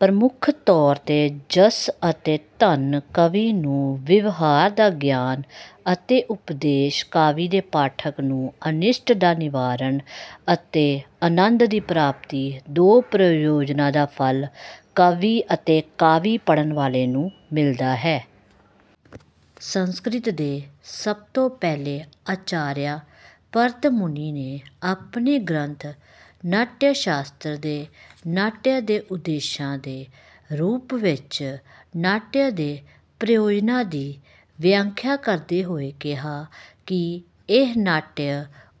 ਪ੍ਰਮੁੱਖ ਤੌਰ ਤੇ ਜਸ ਅਤੇ ਧਨ ਕਵੀ ਨੂੰ, ਵਿਵਹਾਰ ਦਾ ਗਿਆਨ ਅਤੇ ਉਪਦੇਸ਼ ਕਾਵਿ ਦੇ ਪਾਠਕ ਨੂੰ, ਅਨਿਸ਼ਟ ਦਾ ਨਿਵਾਰਣ ਅਤੇ ਆਨੰਦ ਦੀ ਪ੍ਰਾਪਤੀ ਦੋ ਪ੍ਰਯੋਜਨਾਂ ਦਾ ਫ਼ਲ ਕਵੀ ਅਤੇ ਕਾਵਿ ਪੜ੍ਹਨ ਵਾਲੇ ਨੂੰ ਮਿਲਦਾ ਹੈ। ਸੰਸਕ੍ਰਿਤ ਦੇ ਸਭ ਤੋਂ ਪਹਿਲੇ ਆਚਾਰੀਆ ਭਰਤਮੁਨੀ ਨੇ ਆਪਣੇ ਗ੍ਰੰਥ ਨਾਟਯਸ਼ਾਸਤਰ ਚ ਨਾਟਯ ਦੇ ਉਦੇਸ਼ਾਂ ਦੇ ਰੂਪ ਵਿੱਚ ਨਾਟਯ ਦੇ ਪ੍ਰਯੋਜਨਾਂ ਦੀ ਵਿਆਖਿਆ ਕਰਦੇ ਹੋਏ ਕਿਹਾ ਹੈ ਕਿ ਇਹ ਨਾਟਯ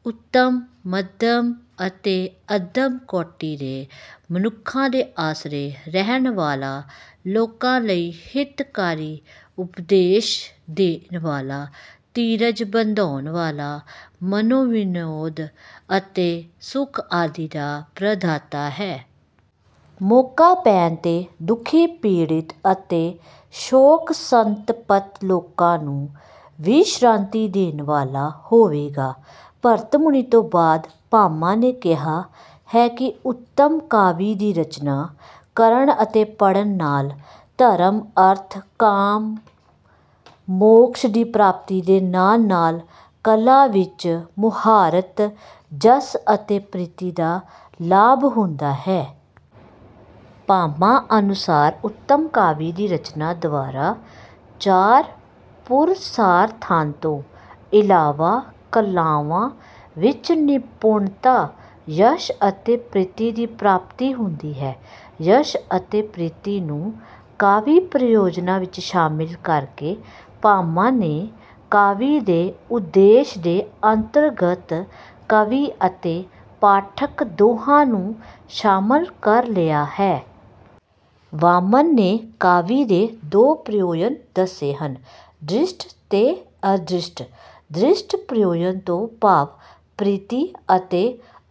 ਉੱਤਮ, ਮੱਧਮ ਅਤੇ ਅੱਧਮ ਕੋਟੀ ਦੇ ਮਨੁੱਖਾਂ ਦੇ ਆਸਰੇ ਰਹਿਣ ਵਾਲਾ, ਲੋਕਾਂ ਲਈ ਹਿਤਕਾਰੀ ਉਪਦੇਸ਼ ਦੇਣ ਵਾਲਾ, ਧੀਰਜ ਬੰਧਾਉਣ ਵਾਲਾ, ਮਨੋਵਿਨੋਦ ਅਤੇ ਸੁਖ ਆਦਿ ਦਾ ਪ੍ਰਦਾਤਾ ਹੈ। ਮੌਕਾ ਪੈਣ ਤੇ ਦੁਖੀ, ਪੀੜ੍ਹਿਤ ਅਤੇ ਸ਼ੋਕਸੰਤਪਤ ਲੋਕਾਂ ਨੂੰ ਵਿਸ਼੍ਰਾਂਤੀ ਦੇਣ ਵਾਲਾ ਹੋਵੇਗਾ। ਭਰਤਮੁਨੀ ਤੋਂ ਬਾਅਦ, ਭਾਮਹ ਨੇ ਕਿਹਾ ਹੈ ਕਿ ਉੱਤਮ ਕਾਵਿ ਦੀ ਰਚਨਾ ਕਰਨ ਅਤੇ ਪੜ੍ਹਨ ਨਾਲ ਧਰਮ, ਅਰਥ, ਕਾਮ, ਮੋਕ੍ਸ਼ ਦੀ ਪ੍ਰਾਪਤੀ ਦੇ ਨਾਲ- ਨਾਲ ਕਲਾ ਵਿੱਚ ਮੁਹਾਰਤ, ਜਸ ਅਤੇ ਪ੍ਰੀਤੀ ਦਾ ਲਾਭ ਹੁੰਦਾ ਹੈ। ਭਾਮਹ ਅਨੁਸਾਰ ਉੱਤਮ ਕਾਵਿ ਦੀ ਰਚਨਾ ਦੁਆਰਾ ਚਾਰ ਪੁਰਸ਼ਾਰਥਾਂਤੋਂ ਇਲਾਵਾ ਕਲਾਵਾਂ ਵਿੱਚ ਨਿਪੁੰਨਤਾ ਯਸ਼ ਅਤੇ ਪ੍ਰੀਤੀ ਦੀ ਪ੍ਰਾਪਤੀ ਹੁੰਦੀ ਹੈ। ਯਸ਼ ਅਤੇ ਪ੍ਰੀਤੀ ਨੂੰ ਕਾਵਿ ਪ੍ਰਯੋਜਨਾਂ ਵਿੱਚ ਸ਼ਾਮਿਲ ਕਰਕੇ ਭਾਮਹ ਨੇ ਕਾਵਿ ਦੇ ਉਦੇਸ਼ ਦੇ ਅੰਤਰਗਤ ਕਵੀ ਅਤੇ ਪਾਠਕ ਦੋਹਾਂ ਨੂੰ ਸ਼ਾਮਿਲ ਕਰ ਲਿਆ ਹੈ। ਵਾਮਨ ਨੇ ਕਾਵਿ ਦੇ ਦੋ ਪ੍ਰਯੋਜਨ ਦੱਸੇ ਹਨ, ਦ੍ਰਿਸ਼ਟ ਤੇ ਅਦ੍ਰਿਸ਼ਟ। ਦ੍ਰਿਸ਼ਟ ਪ੍ਰਯੋਜਨ ਤੋਂ ਭਾਵ ਪ੍ਰੀਤੀ ਅਤੇ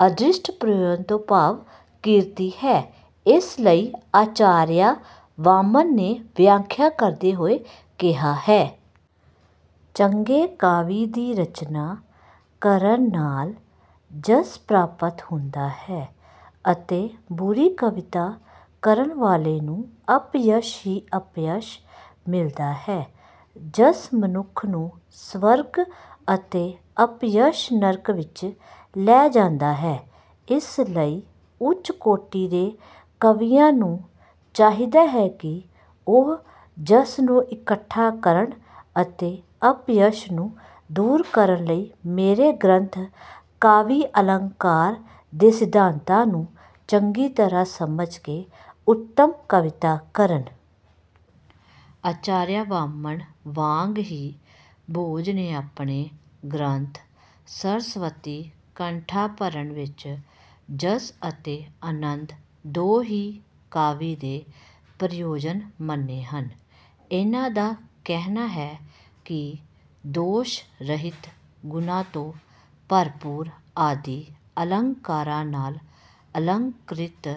ਅਦ੍ਰਿਸ਼ਟ ਪ੍ਰਯੋਜਨ ਤੋਂ ਭਾਵ ਕੀਰਤੀ ਹੈ। ਇਸ ਲਈ ਆਚਾਰੀਆ ਵਾਮਨ ਨੇ ਵਿਆਖਿਆ ਕਰਦੇ ਹੋਏ ਕਿਹਾ ਹੈ। ਚੰਗੇ ਕਾਵਿ ਦੀ ਰਚਨਾ ਕਰਨ ਨਾਲ ਜਸ ਪ੍ਰਾਪਤ ਹੁੰਦਾ ਹੈ ਅਤੇ ਬੁਰੀ ਕਵਿਤਾ ਕਰਨ ਵਾਲੇ ਨੂੰ ਅਪਯਸ਼ ਹੀ ਅਪਯਸ਼ ਮਿਲਦਾ ਹੈ। ਜਸ ਮਨੁੱਖ ਨੂੰ ਸਵਰਗ ਅਤੇ ਅਪਯਸ਼ ਨਰਕ ਵਿੱਚ ਲੈ ਜਾਂਦਾ ਹੈ। ਇਸ ਲਈ ਉੱਚ ਕੋਟੀ ਦੇ ਕਵੀਆਂ ਨੂੰ ਚਾਹੀਦਾ ਹੈ ਕਿ ਉਹ ਜਸ ਨੂੰ ਇੱਕਠਾ ਕਰਨ ਅਤੇ ਅਪਯਸ਼ ਨੂੰ ਦੂਰ ਕਰਨ ਲਈ ਮੇਰੇ ਗ੍ਰੰਥ ਕਾਵਿਅਲੰਕਾਰ ਦੇ ਸਿਧਾਂਤਾਂ ਨੂੰ ਚੰਗੀ ਤਰ੍ਹਾਂ ਸਮਝ ਕੇ ਉੱਤਮ ਕਵਿਤਾ ਕਰਨ। ਆਚਾਰੀਆ ਵਾਮਨ ਵਾਂਗ ਹੀ ਭੋਜ ਨੇ ਆਪਣੇ ਗ੍ਰੰਥ ਸਰਸਵਤੀਕੰਠਾਭਰਣ ਵਿੱਚ ਜਸ ਅਤੇ ਆਨੰਦ ਦੋ ਹੀ ਕਾਵਿ ਦੇ ਪ੍ਰਯੋਜਨ ਮੰਨੇ ਹਨ। ਇਹਨਾਂ ਦਾ ਕਹਿਣਾ ਹੈ ਕਿ ਦੋਸ਼-ਰਹਿਤ, ਗੁਣਾਂ ਤੋਂ ਭਰਪੂਰ ਆਦਿ ਅਲੰਕਾਰਾਂ ਨਾਲ ਅਲੰਕ੍ਰਿਤ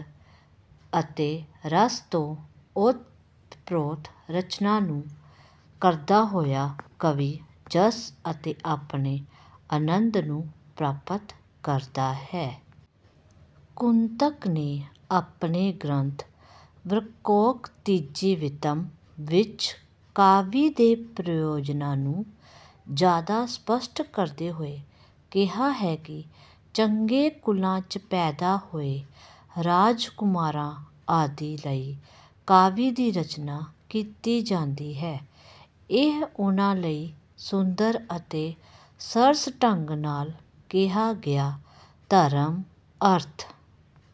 ਅਤੇ ਰਸ ਤੋਂ ਓਤਪ੍ਰੋਤ ਰਚਨਾ ਨੂੰ ਕਰਦਾ ਹੋਇਆ ਕਵੀ ਜਸ ਅਤੇ ਆਪਣੇ ਆਨੰਦ ਨੂੰ ਪ੍ਰਾਪਤ ਕਰਦਾ ਹੈ। ਕੁੰਤਕ ਨੇ ਆਪਣੇ ਗ੍ਰੰਥ ਵਕ੍ਰੋਕਤੀਜੀਵਿਤਮ੍ ਵਿੱਚ ਕਾਵਿ ਦੇ ਪ੍ਰਯੋਜਨਾਂ ਨੂੰ ਜਿਆਦਾ ਸਪੱਸ਼ਟ ਕਰਦੇ ਹੋਏ ਕਿਹਾ ਹੈ ਕਿ ਚੰਗੇ ਕੁਲਾਂ ਚ ਪੈਦਾ ਹੋਏ ਰਾਜਕੁਮਾਰਾਂ ਆਦਿ ਲਈ ਕਾਵਿ ਦੀ ਰਚਨਾ ਕੀਤੀ ਜਾਂਦੀ ਹੈ। ਇਹ ਉਹਨਾਂ ਲਈ ਸੁੰਦਰ ਅਤੇ ਸਰਸ ਢੰਗ ਨਾਲ ਕਿਹਾ ਗਿਆ ਧਰਮ, ਅਰਥ।